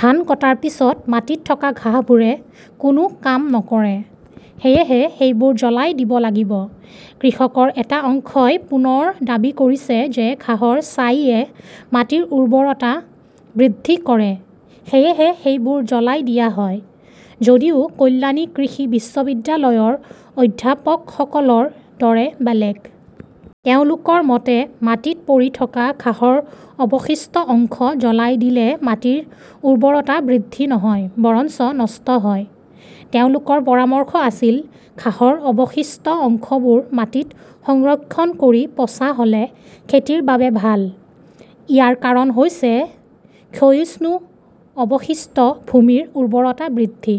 ধান কটাৰ পিছত মাটিত থকা ঘাঁহবোৰে কোনো কাম নকৰে। সেয়েহে সেইবোৰ জ্বলাই দিব লাগিব। কৃষকৰ এটা অংশই পুনৰ দাবী কৰিছে যে ঘাঁহৰ ছাইয়ে মাটিৰ উৰ্বৰতা বৃদ্ধি কৰে। সেয়েহে সেইবোৰ জ্বলাই দিয়া হয়। যদিও কল্যাণী কৃষি বিশ্ববিদ্যালয়ৰ অধ্যাপকসকলৰ দৰে বেলেগ। তেওঁলোকৰ মতে, মাটিত পৰি থকা ঘাঁহৰ অৱশিষ্ট অংশ জ্বলাই দিলে মাটিৰ উৰ্বৰতা বৃদ্ধি নহয়, বৰঞ্চ নষ্ট হয়। তেওঁলোকৰ পৰামৰ্শ আছিল, ঘাঁহৰ অৱশিষ্ট অংশবোৰ মাটিত সংৰক্ষণ কৰি পচা হ'লে খেতিৰ বাবে ভাল। ইয়াৰ কাৰণ হৈছে ক্ষয়িষ্ণু অৱশিষ্ট ভূমিৰ উৰ্বৰতা বৃদ্ধি।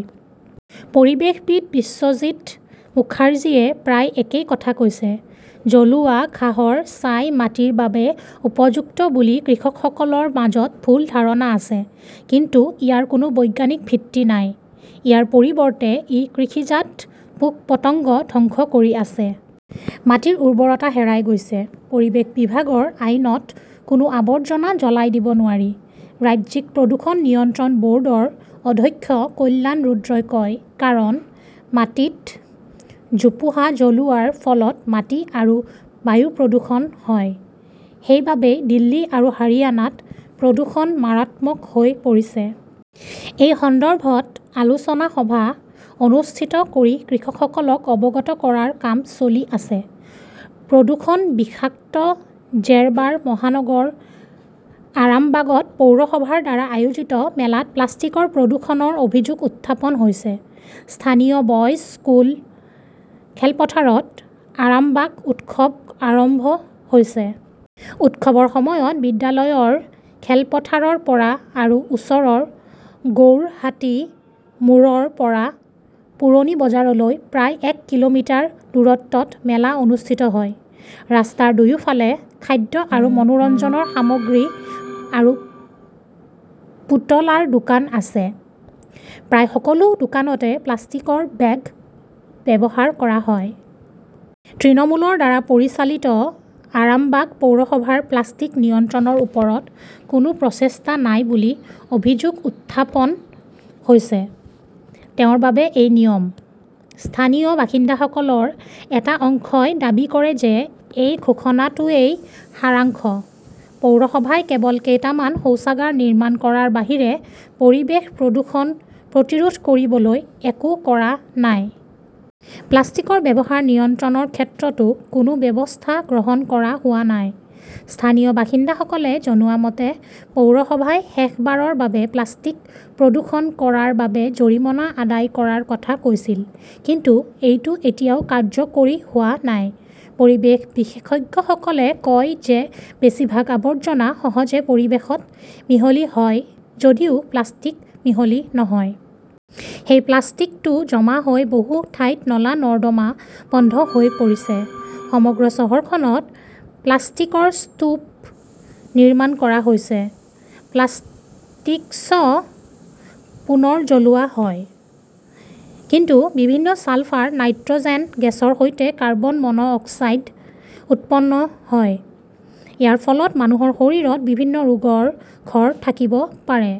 'পৰিৱেশবিদ বিশ্বজিত মুখাৰ্জীয়ে প্ৰায় একেই কথা কৈছে। 'জ্বলোৱা ঘাঁহৰ ছাই মাটিৰ বাবে উপযুক্ত বুলি কৃষকসকলৰ মাজত ভুল ধাৰণা আছে। কিন্তু ইয়াৰ কোনো বৈজ্ঞানিক ভিত্তি নাই। ইয়াৰ পৰিৱৰ্তে, ই কৃষিজাত পোক-পতংগ ধ্বংস কৰি আছে। মাটিৰ উৰ্বৰতা হেৰাই গৈছে। 'পৰিৱেশ বিভাগৰ আইনত কোনো আৱৰ্জনা জ্বলাই দিব নোৱাৰি', ৰাজ্যিক প্ৰদূষণ নিয়ন্ত্ৰণ ব'ৰ্ডৰ অধ্যক্ষ কল্যাণ ৰুদ্ৰই কয়। কাৰণ মাটিত জোপোহা জ্বলোৱাৰ ফলত মাটি আৰু বায়ু প্ৰদূষণ হয়। সেইবাবেই দিল্লী আৰু হাৰিয়ানাত প্ৰদূষণ মাৰাত্মক হৈ পৰিছে। এই সন্দৰ্ভত আলোচনা সভা অনুষ্ঠিত কৰি কৃষকসকলক অৱগত কৰাৰ কাম চলি আছে। প্ৰদূষণ-বিষাক্ত জেৰবাৰ মহানগৰ আৰামবাগত পৌৰসভাৰ দ্বাৰা আয়োজিত মেলাত প্লাষ্টিকৰ প্ৰদূষণৰ অভিযোগ উত্থাপন হৈছে। স্থানীয় বয়ছ স্কুল খেলপথাৰত আৰামবাগ উৎসৱ আৰম্ভ হৈছে। উৎসৱৰ সময়ত বিদ্যালয়ৰ খেলপথাৰৰ পৰা আৰু ওচৰৰ গৌৰহাটি মোড়ৰ পৰা পুৰণি বজাৰলৈ প্ৰায় এক কিলোমিটাৰ দূৰত্বত মেলা অনুষ্ঠিত হয়। ৰাস্তাৰ দুয়োফালে খাদ্য আৰু মনোৰঞ্জন সামগ্ৰী আৰু পুতলাৰ দোকান আছে। প্ৰায় সকলো দোকানতে প্লাষ্টিকৰ বেগ ব্যৱহাৰ কৰা হয়। তৃণমূলৰ দ্বাৰা পৰিচালিত আৰামবাগ পৌৰসভাৰ প্লাষ্টিক নিয়ন্ত্ৰণৰ ওপৰত কোনো প্ৰচেষ্টা নাই বুলি অভিযোগ উত্থাপন হৈছে। তেওঁৰ বাবেই এই নিয়ম। স্থানীয় বাসিন্দাসকলৰ এটা অংশই দাবী কৰে যে এই ঘোষণাটোৱেই সাৰাংশ। পৌৰসভাই কেৱল কেইটামান শৌচাগাৰ নিৰ্মাণ কৰাৰ বাহিৰে পৰিৱেশ প্ৰদূষণ প্ৰতিৰোধ কৰিবলৈ একো কৰা নাই। প্লাষ্টিকৰ ব্যৱহাৰ নিয়ন্ত্ৰণৰ ক্ষেত্ৰতো কোনো ব্যৱস্থা গ্ৰহণ কৰা হোৱা নাই। স্থানীয় বাসিন্দাসকলে জনোৱা মতে, পৌৰসভাই শেষবাৰৰ বাবে প্লাষ্টিক প্ৰদূষণ কৰাৰ বাবে জৰিমনা আদায় কৰাৰ কথা কৈছিল। কিন্তু এইটো এতিয়াও কাৰ্যকৰী হোৱা নাই। পৰিৱেশ বিশেষজ্ঞসকলে কয় যে বেছিভাগ আৱৰ্জনা সহজে পৰিৱেশত মিহলি হয় যদিও প্লাষ্টিক মিহলি নহয়। সেই প্লাষ্টিকটো জমা হৈ বহু ঠাইত নলা-নৰ্দমা বন্ধ হৈ পৰিছে। সমগ্ৰ চহৰখনত প্লাষ্টিকৰ স্তূপ নিৰ্মাণ কৰা হৈছে। প্লাষ্টিক্স পুনৰ জ্বলোৱা হয়, কিন্তু বিভিন্ন ছালফাৰ, নাইট্ৰ'জেন গেছৰ সৈতে কাৰ্বন মন অক্সাইড উৎপন্ন হয়। ইয়াৰ ফলত মানুহৰ শৰীৰত বিভিন্ন ৰোগৰ ঘৰ থাকিব পাৰে।